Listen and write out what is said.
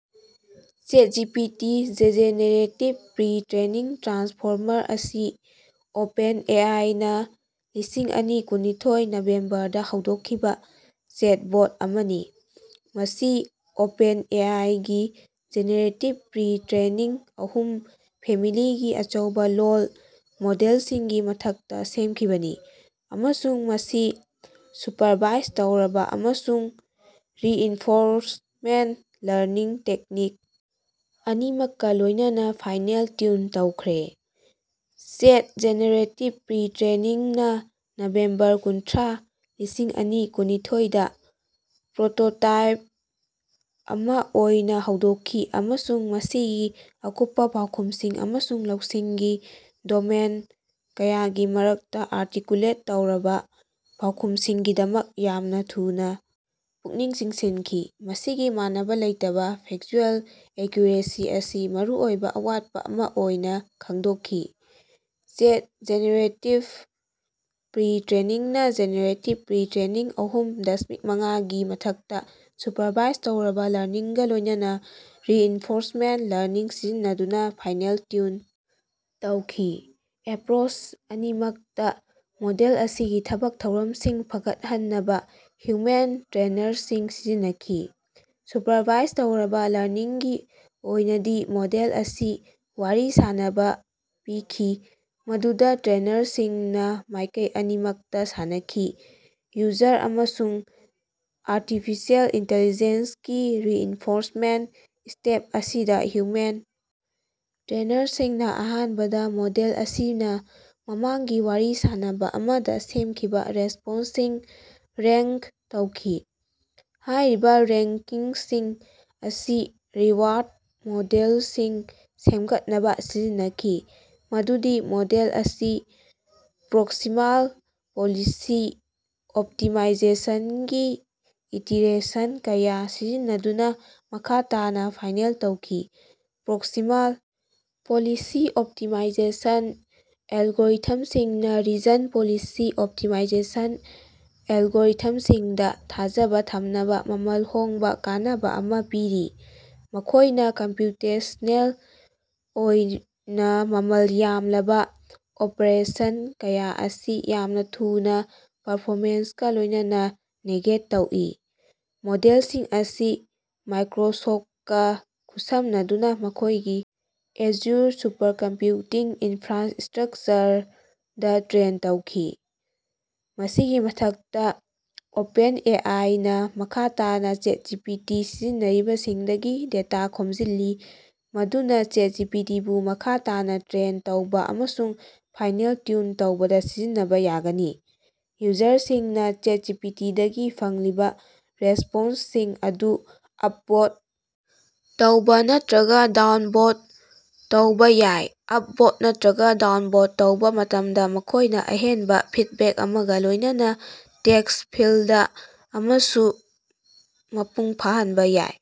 ChatGPT generative pre-training transformer ꯑꯁꯤ ꯑꯣꯄꯦꯟꯑꯦꯑꯥꯏꯅꯥ ꯂꯤꯁꯤꯡ ꯑꯅꯤ ꯀꯨꯟꯅꯤꯊꯣꯏ ꯅꯕꯦꯝꯕꯔꯗꯥ ꯍꯧꯗꯣꯛꯈꯤꯕꯥ ꯆꯦꯠꯕꯣꯠ ꯑꯃꯅꯤ꯫ ꯃꯁꯤ ꯑꯣꯄꯦꯟꯑꯦꯑꯥꯏꯒꯤ ꯖꯦꯅꯦꯔꯦꯇꯤꯕ ꯄ꯭ꯔꯤ ꯇ꯭ꯔꯦꯅꯤꯡ ꯑꯍꯨꯝ ꯐꯦꯃꯤꯂꯤꯒꯤ ꯑꯆꯧꯕꯥ ꯂꯣꯜ ꯃꯣꯗꯦꯜꯁꯤꯡꯒꯤ ꯃꯊꯛꯇꯥ ꯁꯦꯝꯈꯤꯕꯅꯤ ꯑꯃꯁꯨꯡ ꯃꯁꯤ ꯁꯨꯄꯔꯚꯥꯏꯖ ꯇꯧꯔꯕꯥ ꯑꯃꯁꯨꯡ ꯔꯤꯏꯟꯐꯣꯔꯁꯃꯦꯟꯠ ꯂꯔꯅꯤꯡ ꯇꯦꯛꯅꯤꯛ ꯑꯅꯤꯃꯛꯀꯥ ꯂꯣꯏꯅꯅꯥ ꯐꯥꯏꯅꯦꯜ ꯇ꯭ꯌꯨꯟ ꯇꯧꯈ꯭ꯔꯦ꯫ ꯆꯦꯠ ꯖꯦꯅꯦꯔꯦꯇꯤꯕ ꯄ꯭ꯔꯤ ꯇ꯭ꯔꯦꯅꯤꯡ ꯅꯥ ꯅꯕꯦꯝꯕꯔ ꯀꯨꯟꯊ꯭ꯔꯥ ꯂꯤꯁꯤꯡ ꯑꯅꯤ ꯀꯨꯟꯅꯤꯊꯣꯏꯗ ꯄ꯭ꯔꯣꯇꯣꯇꯥꯏꯄ ꯑꯃꯥ ꯑꯣꯏꯅꯥ ꯍꯧꯗꯣꯛꯈꯤ ꯑꯃꯁꯨꯡ ꯃꯁꯤꯒꯤ ꯑꯀꯨꯞꯄꯥ ꯄꯥꯎꯈꯨꯝꯁꯤꯡ ꯑꯃꯁꯨꯡ ꯂꯧꯁꯤꯡꯒꯤ ꯗꯣꯃꯦꯟ ꯀꯌꯥꯒꯤ ꯃꯔꯛꯇꯥ ꯑꯥꯔꯇꯤꯀꯨꯂꯦꯠ ꯇꯧꯔꯕꯥ ꯄꯥꯎꯈꯨꯝꯁꯤꯡꯒꯤꯗꯃꯛ ꯌꯥꯝꯅꯥ ꯊꯨꯅꯥ ꯄꯨꯛꯅꯤꯡ ꯆꯤꯡꯁꯤꯟꯈꯤ꯫ ꯃꯁꯤꯒꯤ ꯃꯥꯟꯅꯕꯥ ꯂꯩꯇꯕꯥ ꯐꯦꯛꯆꯨꯑꯦꯜ ꯑꯦꯀ꯭ꯌꯨꯔꯦꯁꯤ ꯑꯁꯤ ꯃꯔꯨꯑꯣꯏꯕ ꯑꯋꯥꯠꯄ ꯑꯃꯥ ꯑꯣꯏꯅꯥ ꯈꯪꯗꯣꯛꯈꯤ꯫ ꯆꯦꯠ ꯖꯦꯅꯦꯔꯦꯇꯤꯕ ꯄ꯭ꯔꯤ ꯇ꯭ꯔꯦꯅꯤꯡꯅ ꯖꯦꯅꯦꯔꯦꯇꯤꯕ ꯄ꯭ꯔꯤ ꯇ꯭ꯔꯦꯅꯤꯡ ꯑꯍꯨꯝ ꯗꯁꯃꯤꯛ ꯃꯉꯥꯒꯤ ꯃꯊꯛꯇꯥ ꯁꯨꯄꯔꯚꯥꯏꯖ ꯇꯧꯔꯕꯥ ꯂꯔꯅꯤꯡꯒꯥ ꯂꯣꯏꯅꯅꯥ ꯔꯤꯏꯟꯐꯣꯔꯁꯃꯦꯟꯠ ꯂꯔꯅꯤꯡ ꯁꯤꯖꯤꯟꯅꯗꯨꯅꯥ ꯐꯥꯏꯅꯦꯜ ꯇ꯭ꯌꯨꯟ ꯇꯧꯈꯤ꯫ ꯑꯦꯄ꯭ꯔꯣꯆ ꯑꯅꯤꯃꯛꯇꯥ ꯃꯣꯗꯦꯜ ꯑꯁꯤꯒꯤ ꯊꯕꯛ ꯊꯧꯔꯝꯁꯤꯡ ꯐꯒꯠꯍꯟꯅꯕꯥ ꯍ꯭ꯌꯨꯃꯦꯟ ꯇ꯭ꯔꯦꯅꯔꯁꯤꯡ ꯁꯤꯖꯤꯟꯅꯈꯤ꯫ ꯁꯨꯄꯔꯚꯥꯏꯖ ꯇꯧꯔꯕꯥ ꯂꯔꯅꯤꯡꯒꯤ ꯑꯣꯏꯅꯗꯤ ꯃꯣꯗꯦꯜ ꯑꯁꯤ ꯋꯥꯔꯤ ꯁꯥꯅꯕꯥ ꯄꯤꯈꯤ ꯃꯗꯨꯗꯥ ꯇ꯭ꯔꯦꯅꯔꯁꯤꯡꯅꯥ ꯃꯥꯏꯀꯩ ꯑꯅꯤꯃꯛꯇꯥ ꯁꯥꯟꯅꯈꯤ ꯌꯨꯖꯔ ꯑꯃꯁꯨꯡ ꯑꯥꯔꯇꯤꯐꯤꯁꯤꯑꯦꯜ ꯏꯟꯇꯤꯂꯤꯖꯦꯟꯁꯀꯤ ꯔꯤꯏꯟꯐꯣꯔꯁꯃꯦꯟꯠ ꯁ꯭ꯇꯦꯞ ꯑꯁꯤꯗꯥ ꯍ꯭ꯌꯨꯃꯦꯟ ꯇ꯭ꯔꯦꯅꯔꯁꯤꯡꯅꯥ ꯑꯍꯥꯟꯕꯗꯥ ꯃꯣꯗꯦꯜ ꯑꯁꯤꯅꯥ ꯃꯃꯥꯡꯒꯤ ꯋꯥꯔꯤ ꯁꯥꯅꯕꯥ ꯑꯃꯗꯥ ꯁꯦꯝꯈꯤꯕꯥ ꯔꯦꯁ꯭ꯄꯣꯟꯁꯁꯤꯡ ꯔꯦꯡꯛ ꯇꯧꯈꯤ꯫ ꯍꯥꯏꯔꯤꯕꯥ ꯔꯦꯡꯀꯤꯡꯁꯤꯡ ꯑꯁꯤ ꯔꯤꯋꯥꯔꯗ ꯃꯣꯗꯦꯜꯁꯤꯡ ꯁꯦꯝꯒꯠꯅꯕꯥ ꯁꯤꯖꯤꯟꯅꯈꯤ ꯃꯗꯨꯗꯤ ꯃꯣꯗꯦꯜ ꯑꯁꯤ ꯄ꯭ꯔꯣꯛꯁꯤꯃꯥꯜ ꯄꯣꯂꯤꯁꯤ ꯑꯣꯞꯇꯤꯃꯥꯏꯖꯦꯁꯟꯒꯤ ꯏꯇꯤꯔꯦꯁꯟ ꯀꯌꯥ ꯁꯤꯖꯤꯟꯅꯗꯨꯅꯥ ꯃꯈꯥ ꯇꯥꯅꯥ ꯐꯥꯏꯅꯦꯜ ꯇꯧꯈꯤ꯫ ꯄ꯭ꯔꯣꯛꯁꯤꯃꯥꯜ ꯄꯣꯂꯤꯁꯤ ꯑꯣꯞꯇꯤꯃꯥꯏꯖꯦꯁꯟ ꯑꯦꯜꯒꯣꯔꯤꯊꯝꯁꯤꯡꯅꯥ ꯔꯤꯖꯟ ꯄꯣꯂꯤꯁꯤ ꯑꯣꯞꯇꯤꯃꯥꯏꯖꯦꯁꯟ ꯑꯦꯜꯒꯣꯔꯤꯊꯝꯁꯤꯡꯗꯥ ꯊꯥꯖꯕꯥ ꯊꯝꯅꯕꯥ ꯃꯃꯜ ꯍꯣꯡꯕꯥ ꯀꯥꯟꯅꯕꯥ ꯑꯃꯥ ꯄꯤꯔꯤ ꯃꯈꯣꯏꯅꯥ ꯀꯝꯄ꯭ꯌꯨꯇꯦꯁꯅꯦꯜ ꯑꯣꯏꯅꯥ ꯃꯃꯜ ꯌꯥꯝꯂꯕꯥ ꯑꯣꯄꯔꯦꯁꯟ ꯀꯌꯥ ꯑꯁꯤ ꯌꯥꯝꯅꯥ ꯊꯨꯅꯥ ꯄꯔꯐꯣꯃꯦꯟꯁꯀꯥ ꯂꯣꯏꯅꯅꯥ ꯅꯦꯒꯦꯠ ꯇꯧꯏ꯫ ꯃꯣꯗꯦꯜꯁꯤꯡ ꯑꯁꯤ ꯃꯥꯏꯀ꯭ꯔꯣꯁꯣꯐꯀꯥ ꯈꯨꯠꯁꯝꯅꯗꯨꯅꯥ ꯃꯈꯣꯏꯒꯤ ꯑꯦꯖꯨꯔ ꯁꯨꯄꯔꯀꯝꯄ꯭ꯌꯨꯇꯤꯡ ꯏꯟꯐ꯭ꯔꯥꯟꯁꯇ꯭ꯔꯛꯆꯔꯗꯥ ꯇ꯭ꯔꯦꯟ ꯇꯧꯈꯤ꯫ ꯃꯁꯤꯒꯤ ꯃꯊꯛꯇꯥ ꯑꯣꯄꯦꯟꯑꯦ ꯑꯥꯏꯅꯥ ꯃꯈꯥ ꯇꯥꯅꯥ ꯆꯦꯠꯖꯤꯄꯤꯇꯤ ꯁꯤꯖꯤꯟꯅꯔꯤꯕꯁꯤꯡꯗꯒꯤ ꯗꯦꯇꯥ ꯈꯣꯝꯖꯤꯜꯂꯤ ꯃꯗꯨꯅꯥ ꯆꯦꯠꯖꯤꯄꯤꯇꯤꯕꯨ ꯃꯈꯥ ꯇꯥꯅꯥ ꯇ꯭ꯔꯦꯟ ꯇꯧꯕꯥ ꯑꯃꯁꯨꯡ ꯐꯥꯏꯅꯦꯜ ꯇ꯭ꯌꯨꯟ ꯇꯧꯕꯗꯥ ꯁꯤꯖꯤꯟꯅꯕꯥ ꯌꯥꯒꯅꯤ꯫ ꯌꯨꯖꯔꯁꯤꯡꯅꯥ ꯆꯦꯠꯖꯤꯄꯤꯇꯤꯗꯒꯤ ꯐꯪꯂꯤꯕꯥ ꯔꯦꯁꯄꯣꯟꯁꯁꯤꯡ ꯑꯗꯨ ꯑꯞꯚꯣꯠ ꯇꯧꯕꯥ ꯅꯠꯇ꯭ꯔꯒꯥ ꯗꯥꯎꯟꯚꯣꯠ ꯇꯧꯕꯥ ꯌꯥꯏ ꯑꯞꯚꯣꯠ ꯅꯠꯇ꯭ꯔꯒꯥ ꯗꯥꯎꯟꯚꯣꯠ ꯇꯧꯕꯥ ꯃꯇꯝꯗꯥ ꯃꯈꯣꯏꯅꯥ ꯑꯍꯦꯟꯕꯥ ꯐꯤꯗꯕꯦꯛ ꯑꯃꯒꯥ ꯂꯣꯏꯅꯅꯥ ꯇꯦꯛꯁ ꯐꯤꯜꯗ ꯑꯃꯁꯨ ꯃꯄꯨꯡ ꯐꯥꯍꯟꯕꯥ ꯌꯥꯏ꯫